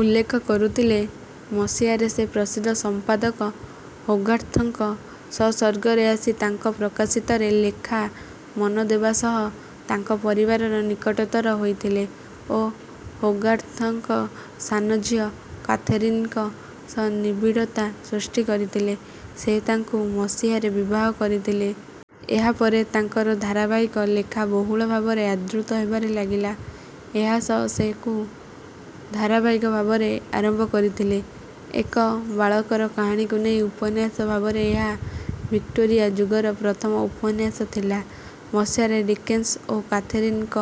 ଉଲ୍ଲେଖ କରୁଥିଲେ। ମସିହାରେ ସେ ପ୍ରସିଦ୍ଧ ସମ୍ପାଦକ ହୋଗାର୍ଥଙ୍କ ସଂସର୍ଗରେ ଆସି ତାଙ୍କ ପ୍ରକାଶିତ ରେ ଲେଖା ମନ ଦେବା ସହ ତାଙ୍କ ପରିବାରର ନିକଟତର ହୋଇଥିଲେ ଓ ହୋଗାର୍ଥଙ୍କ ସାନ ଝିଅ କାଥେରିନ୍‌ଙ୍କ ସହ ନିବିଡ଼ତା ସୃଷ୍ଟି କରିଥିଲେ। ସେ ତାଙ୍କୁ ମସିହାରେ ବିବାହ କରିଥିଲେ। ଏହା ପରେ ତାଙ୍କର ଧାରାବାହିକ ଲେଖା ବହୁଳ ଭାବରେ ଆଦୃତ ହେବାରେ ଲାଗିଲା। ଏହା ସହ ସେ କୁ ଧାରାବାହିକ ଭାବରେ ଆରମ୍ଭ କରିଥିଲେ। ଏକ ବାଳକର କାହାଣୀକୁ ନେଇ ଉପନ୍ୟାସ ଭାବରେ ଏହା ଭିକ୍ଟୋରିଆ ଯୁଗର ପ୍ରଥମ ଉପନ୍ୟାସ ଥିଲା। ମସିହାରେ ଡିକେନ୍ସ ଓ କାଥେରିନ୍‌ଙ୍କ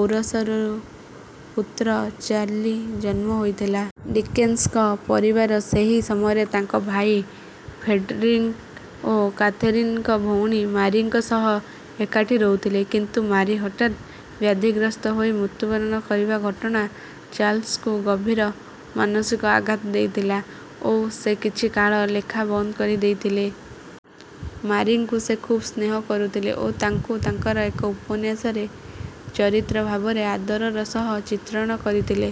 ଔରସରୁ ପୁତ୍ର ଚାର୍ଲି ଜନ୍ମ ହୋଇଥିଲା। ଡିକେନ୍ସଙ୍କ ପରିବାର ସେହି ସମୟରେ ତାଙ୍କ ଭାଇ ଫ୍ରେଡରିକ୍ ଓ କାଥେରୀନ୍‌ଙ୍କ ଭଉଣୀ ମାରିଙ୍କ ସହ ଏକାଠି ରହୁଥିଲେ। କିନ୍ତୁ ମାରି ହଠାତ୍ ବ୍ୟାଧିଗ୍ରସ୍ତ ହୋଇ ମୃତ୍ୟୁବରଣ କରିବା ଘଟଣା ଚାର୍ଲସ୍‌ଙ୍କୁ ଗଭୀର ମାନସିକ ଆଘାତ ଦେଇଥିଲା ଓ ସେ କିଛି କାଳ ଲେଖା ବନ୍ଦ କରିଦେଇଥିଲେ। ମାରିଙ୍କୁ ସେ ଖୁବ୍ ସ୍ନେହ କରୁଥିଲେ ଓ ତାଙ୍କୁ ତାଙ୍କର ଏକ ଉପନ୍ୟାସରେ ଚରିତ୍ର ଭାବରେ ଆଦରର ସହ ଚିତ୍ରଣ କରିଥିଲେ।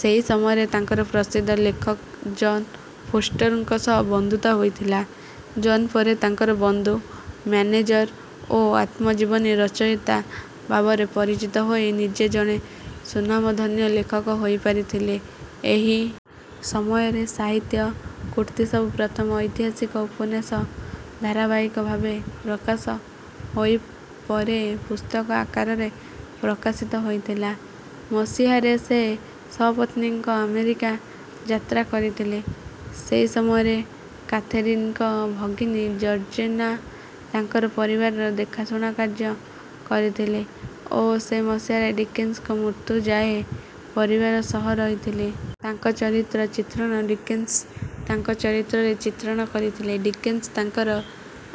ସେହି ସମୟରେ ତାଙ୍କର ପ୍ରସିଦ୍ଧ ଲେଖକ ଜନ୍ ଫୋଷ୍ଟରଙ୍କ ସହ ବନ୍ଧୁତା ହୋଇଥିଲା। ଜନ୍ ପରେ ତାଙ୍କର ବନ୍ଧୁ, ମ୍ୟାନେଜର୍ ଓ ଆତ୍ମଜୀବନୀ ରଚୟିତା ଭାବରେ ପରିଚିତ ହୋଇ ନିଜେ ଜଣେ ସ୍ୱନାମଧନ୍ୟ ଲେଖକ ହୋଇପାରିଥିଲେ। ଏହି ସମୟରେ ସାହିତ୍ୟ କୃତି ସବୁ ପ୍ରଥମ ଐତିହାସିକ ଉପନ୍ୟାସ ଧାରାବାହିକ ଭାବେ ପ୍ରକାଶ ହୋଇ ପରେ ପୁସ୍ତକ ଆକାରରେ ପ୍ରକାଶିତ ହୋଇଥିଲା। ମସିହାରେ ସେ ସପତ୍ନୀକ ଆମେରିକା ଯାତ୍ରା କରିଥିଲେ। ସେହି ସମୟରେ କାଥେରୀନ୍‌ଙ୍କ ଭଗିନୀ ଜର୍ଜିନା ତାଙ୍କର ପରିବାରର ଦେଖାଶୁଣା କାର୍ଯ୍ୟ କରିଥିଲେ ଓ ସେ ମସିହାରେ ଡିକେନ୍ସଙ୍କ ମୃତ୍ୟୁ ଯାଏ ପରିବାର ସହ ରହିଥିଲେ। ତାଙ୍କ ଚରିତ୍ର ଚିତ୍ରଣ ଡିକେନ୍ସ ତାଙ୍କ ଚରିତ୍ରରେ ଚିତ୍ରଣ କରିଥିଲେ। ଡିକେନ୍ସ ତାଙ୍କର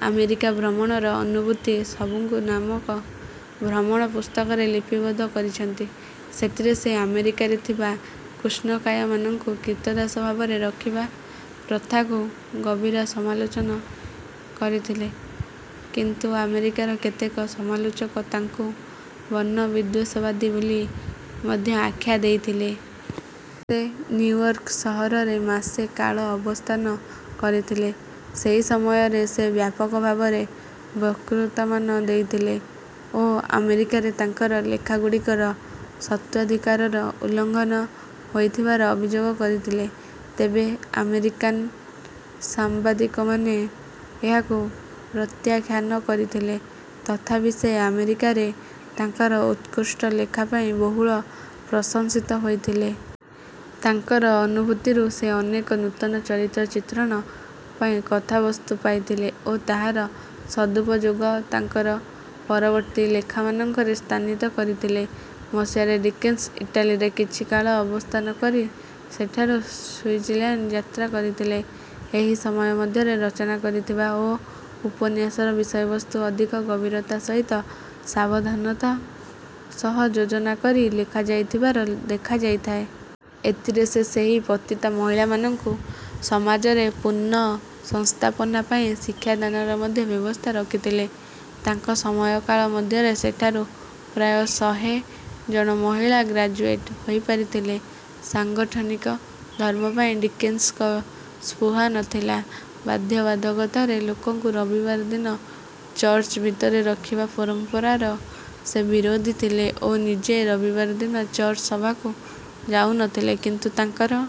ଆମେରିକା ଭ୍ରମଣର ଅନୁଭୂତି ସବୁକୁ ନାମକ ଭ୍ରମଣ ପୁସ୍ତକରେ ଲିପିବଦ୍ଧ କରିଛନ୍ତି। ସେଥିରେ ସେ ଆମେରିକାରେ ଥିବା କୃଷ୍ଣକାୟମାନଙ୍କୁ କ୍ରୀତଦାସ ଭାବରେ ରଖିବା ପ୍ରଥାକୁ ଗଭୀର ସମାଲୋଚନା କରିଥିଲେ। କିନ୍ତୁ ଆମେରିକାର କେତେକ ସମାଲୋଚକ ତାଙ୍କୁ ବର୍ଣ୍ଣବିଦ୍ୱେଷବାଦୀ ବୋଲି ମଧ୍ୟ ଆଖ୍ୟା ଦେଇଥିଲେ। ସେ ନିଉୟର୍କ ସହରରେ ମାସେ କାଳ ଅବସ୍ଥାନ କରିଥିଲେ। ସେହି ସମୟରେ ସେ ବ୍ୟାପକ ଭାବରେ ବକ୍ତୃତାମାନ ଦେଇଥିଲେ ଓ ଆମେରିକାରେ ତାଙ୍କର ଲେଖାଗୁଡ଼ିକର ସତ୍ତ୍ୱାଧିକାରର ଉଲ୍ଲଂଘନ ହୋଇଥିବାର ଅଭିଯୋଗ କରିଥିଲେ। ତେବେ ଆମେରିକାନ୍ ସାମ୍ବାଦିକମାନେ ଏହାକୁ ପ୍ରତ୍ୟାଖ୍ୟାନ କରିଥିଲେ। ତଥାପି ସେ ଆମେରିକାରେ ତାଙ୍କର ଉତ୍କୃଷ୍ଟ ଲେଖା ପାଇଁ ବହୁଳ ପ୍ରଶଂସିତ ହୋଇଥିଲେ। ତାଙ୍କର ଅନୁଭୂତିରୁ ସେ ଅନେକ ନୂତନ ଚରିତ୍ର ଚିତ୍ରଣ ପାଇଁ କଥାବସ୍ତୁ ପାଇଥିଲେ ଓ ତାହାର ସଦୁପଯୋଗ ତାଙ୍କର ପରବର୍ତ୍ତୀ ଲେଖାମାନଙ୍କରେ ସ୍ଥାନିତ କରିଥିଲେ। ମସିହାରେ ଡିକେନ୍ସ ଇଟାଲୀରେ କିଛି କାଳ ଅବସ୍ଥାନ କରି ସେଠାରୁ ସ୍ୱିଜର୍ଲାଣ୍ଡ ଯାତ୍ରା କରିଥିଲେ। ଏହି ସମୟ ମଧ୍ୟରେ ରଚନା କରିଥିବା ଓ ଉପନ୍ୟାସର ବିଷୟବସ୍ତୁ ଅଧିକ ଗଭୀରତା ସହିତ ସାବଧାନତା ସହ ଯୋଜନା କରି ଲେଖାଯାଇଥିବାର ଦେଖାଯାଇଥାଏ। ଏଥିରେ ସେ ସେହି ପତିତା ମହିଳାମାନଙ୍କୁ ସମାଜରେ ପୁନଃସଂସ୍ଥାପନା ପାଇଁ ଶିକ୍ଷାଦାନର ମଧ୍ୟ ବ୍ୟବସ୍ଥା ରଖିଥିଲେ। ତାଙ୍କ ସମୟକାଳ ମଧ୍ୟରେ ସେଠାରୁ ପ୍ରାୟ ଶହେ ଜଣ ମହିଳା ଗ୍ରାଜୁଏଟ୍ ହୋଇପାରିଥିଲେ। ସାଂଗଠନିକ ଧର୍ମ ପାଇଁ ଡିକେନ୍ସଙ୍କ ସ୍ପୃହା ନ ଥିଲା। ବାଧ୍ୟବାଧକତାରେ ଲୋକଙ୍କୁ ରବିବାର ଦିନ ଚର୍ଚ୍ଚ ଭିତରେ ରଖିବା ପରମ୍ପରାର ସେ ବିରୋଧୀ ଥିଲେ ଓ ନିଜେ ରବିବାର ଦିନ ଚର୍ଚ୍ଚ ସଭାକୁ ଯାଉନଥିଲେ। କିନ୍ତୁ ତାଙ୍କର...